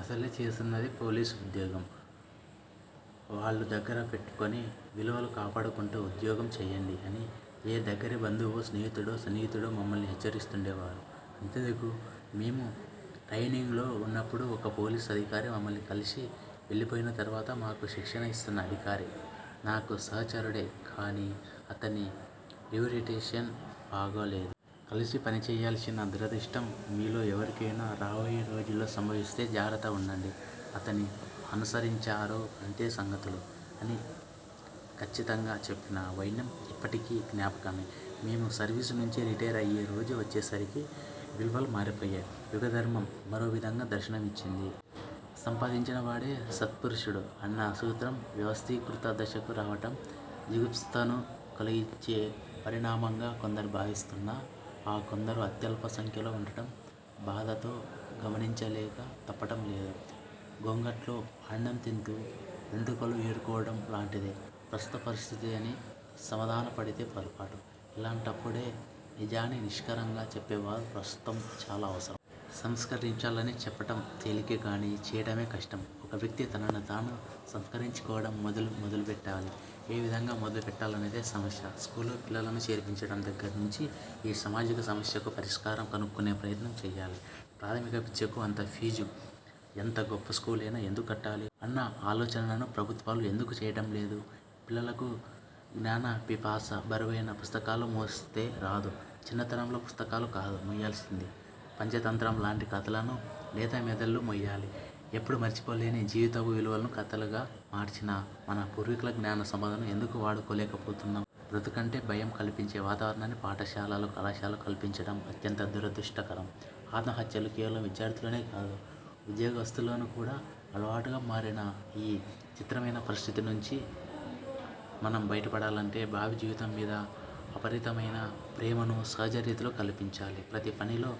అసలే చేస్తున్నది పోలీసు ఉద్యోగం! వళ్ళు దగ్గర పెట్టుకొని, విలువలు కాపాడుకుంటూ ఉద్యోగం చేయండి' అని ఏ దగ్గరి బంధువో, స్నేహితుడో, సన్నిహితుడో మమ్మల్ని హెచ్చరిస్తూండేవారు. అంతెందుకు! మేము ట్రయినింగ్లో వున్నప్పుడు ఒక పోలీసు అధికారి మమ్మల్ని కలిసి వెళ్ళిపోయిన తర్వాత, మాకు శిక్షణ యిస్తున్న అధికారి – 'నాకు సహచరుడే కానీ అతని రిప్యుటేషన్ బాగాలేదు. కలిసి పనిచేయాల్సిన దురదృష్టం మీలో ఎవరికైనా రాబోయే రోజుల్లో సంభవిస్తే జాగ్రత్తగా వుండండి – అతన్ని అనుసరించారో అంతే సంగతులు' అని ఖండితంగా చెప్పిన వైనం యిప్పటికీ జ్ఞాపకమే! మేము సర్వీసు నుంచి రిటైర్ అయ్యే రోజు వచ్చేసరికి విలువలు మారిపోయాయి. యుగధర్మం మరోవిధంగా దర్శనమిచ్చింది. సంపాదించినవాడే సత్పురుషుడు అన్నసూత్రం వ్యవస్థీకృత దశకు రావటం జుగుప్సను కలిగించే పరిణామంగా కొందరు భావిస్తున్నా, ఆ కొందరు అత్యల్ప సంఖ్యలో వుండటం బాధతో గమనించక తప్పటం లేదు. గొంగట్లో అన్నం తింటూ వెంట్రుకలు ఏరుకోవటం లాంటిదే ప్రస్తుత పరిస్థితి అని సమాధానపడితే పొరపాటు. ఇలాంటప్పుడే నిజాన్ని నిష్కర్షగా చెప్పేవారు ప్రస్తుతం చాలా అవసరం. సంస్కరించాలని చెప్పటం తేలికే గానీ చేయటమే కష్టం. ఒక వ్యక్తి తనను తాను సంస్కరించుకోవటం మొదట మొదలుపెట్టాలి. ఏవిధంగా మొదలుపెట్టాలన్నదే సమస్య! స్కూల్లో పిల్లలను చేర్పించటం దగ్గర్నుంచి యీ సామాజిక సమస్యకు పరిష్కారం కనుక్కునే ప్రయత్నం చేయాలి. ప్రాథమిక విద్యకు అంత ఫీజు ఎంత గొప్ప స్కూలైనా ఎందుకు కట్టాలి? అన్న ఆలోచనను ప్రభుత్వాలు ఎందుకు చేయటం లేదు? పిల్లలకు జ్ఞాన పిపాస బరువైన పుస్తకాలు మోస్తే రాదు. చిన్నతనంలో పుస్తకాలు కాదు మోయాల్సింది పంచతంత్రం లాంటి కథలను లేత మెదళ్ళు మోయాలి. ఎప్పుడూ మరిచిపోలేని జీవితపు విలువలను కథలుగా మార్చిన మన పూర్వీకుల జ్ఞాన సంపదను ఎందుకు వాడుకోలేకపోతున్నాం? బ్రతుకంటే భయం కల్పించే వాతావరణాన్ని పాఠశాలలు, కళాశాలలు కల్పించటం అత్యంత దురదృష్టకరం. ఆత్మహత్యలు కేవలం విద్యార్థుల్లోనే కాదు ఉద్యోగస్థుల్లో కూడా అలవాటుగా మారిన యీ చిత్రమైన పరిస్థితి నుంచి మనం బయటపడాలంటే భావి జీవితం మీద అపరిమితమైన ప్రేమను సహజ రీతిలో కల్పించాలి. ప్రతి పనిలో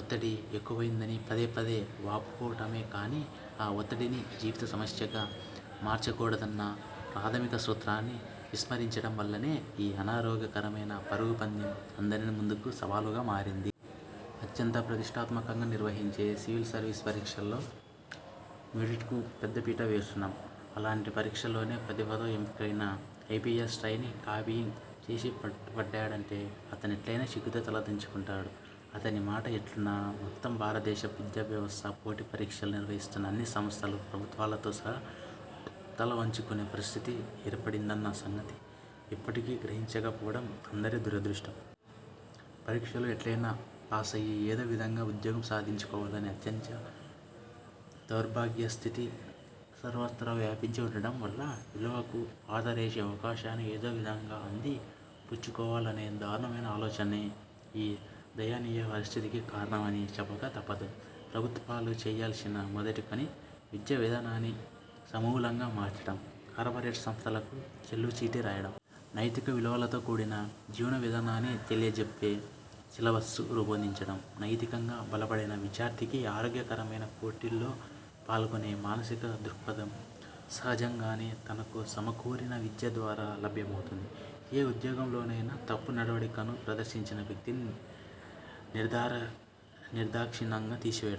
ఒత్తిడి ఎక్కువయిందని పదే పదే వాపోవటమే కానీ, ఆ ఒత్తిడిని జీవిత సమస్యగా మార్చకూడదన్న ప్రాథమిక సూత్రాన్ని విస్మరించటం వల్లనే యీ అనారోగ్యకరమైన పరుగుపందెం అందరి ముందూ సవాలుగా మారింది. అత్యంత ప్రతిష్ఠాత్మకంగా నిర్వహించే సివిల్ సర్వీస్ పరీక్షల్లో 'మెరిట్'కు పెద్దపీట వేస్తున్నాం. అలాంటి పరీక్షలోనే ప్రతిభతో ఎంపికయిన ఐపీఎస్ ట్రయినీ కాపీయింగ్ చేసి పట్టుపడ్డాడంటే అతనెట్లయినా సిగ్గుతో తలవంచుకుంటాడు. అతని మాట ఎట్లున్నా, మొత్తం భారతదేశపు విద్యా వ్యవస్థ, పోటీ పరీక్షలు నిర్వహిస్తున్న అన్ని సంస్థలూ, ప్రభుత్వాలతో సహా తలవంచుకొనే పరిస్థితి ఏర్పడిందన్న సంగతి యిప్పటికీ గ్రహించక పోవటం అందరి దురదృష్టం. పరీక్షలు ఎట్లైనా ప్యాసయ్యి ఏదో విధంగా ఉద్యోగం సంపాదించుకోవాలనే అత్యంత దౌర్భాగ్యస్థితి సర్వత్రా వ్యాపించి వుండటం వల్ల, విలువలకు పాతరేసి అవకాశాన్ని ఏదోవిధంగా అంది పుచ్చుకోవాలనే దారుణమైన ఆలోచనే యీ దయనీయ పరిస్థితికి కారణమని చెప్పక తప్పదు. ప్రభుత్వాలు చేయాల్సిన మొదటి పని విద్యావిధానాన్ని సమూలంగా మార్చటం, కార్పొరేట్ సంస్థలకు చెల్లుచీటీ రాయటం. నైతిక విలువలతో కూడిన జీవన విధానాన్ని తెలియజెప్పే సిలబస్ను రూపొందించటం; నైతికంగా బలపడిన విద్యార్థికి ఆరోగ్యకరమైన పోటీలో పాల్గొనే మానసిక దృక్పథం సహజంగానే తనకు సమకూరిన విద్య ద్వారా లభ్యమవుతుంది. ఏ ఉద్యోగంలోనైనా తప్పు నడవడికను ప్రదర్శించిన వ్యక్తిని నిర్దాక్షిణ్యంగా తీసివేయటం,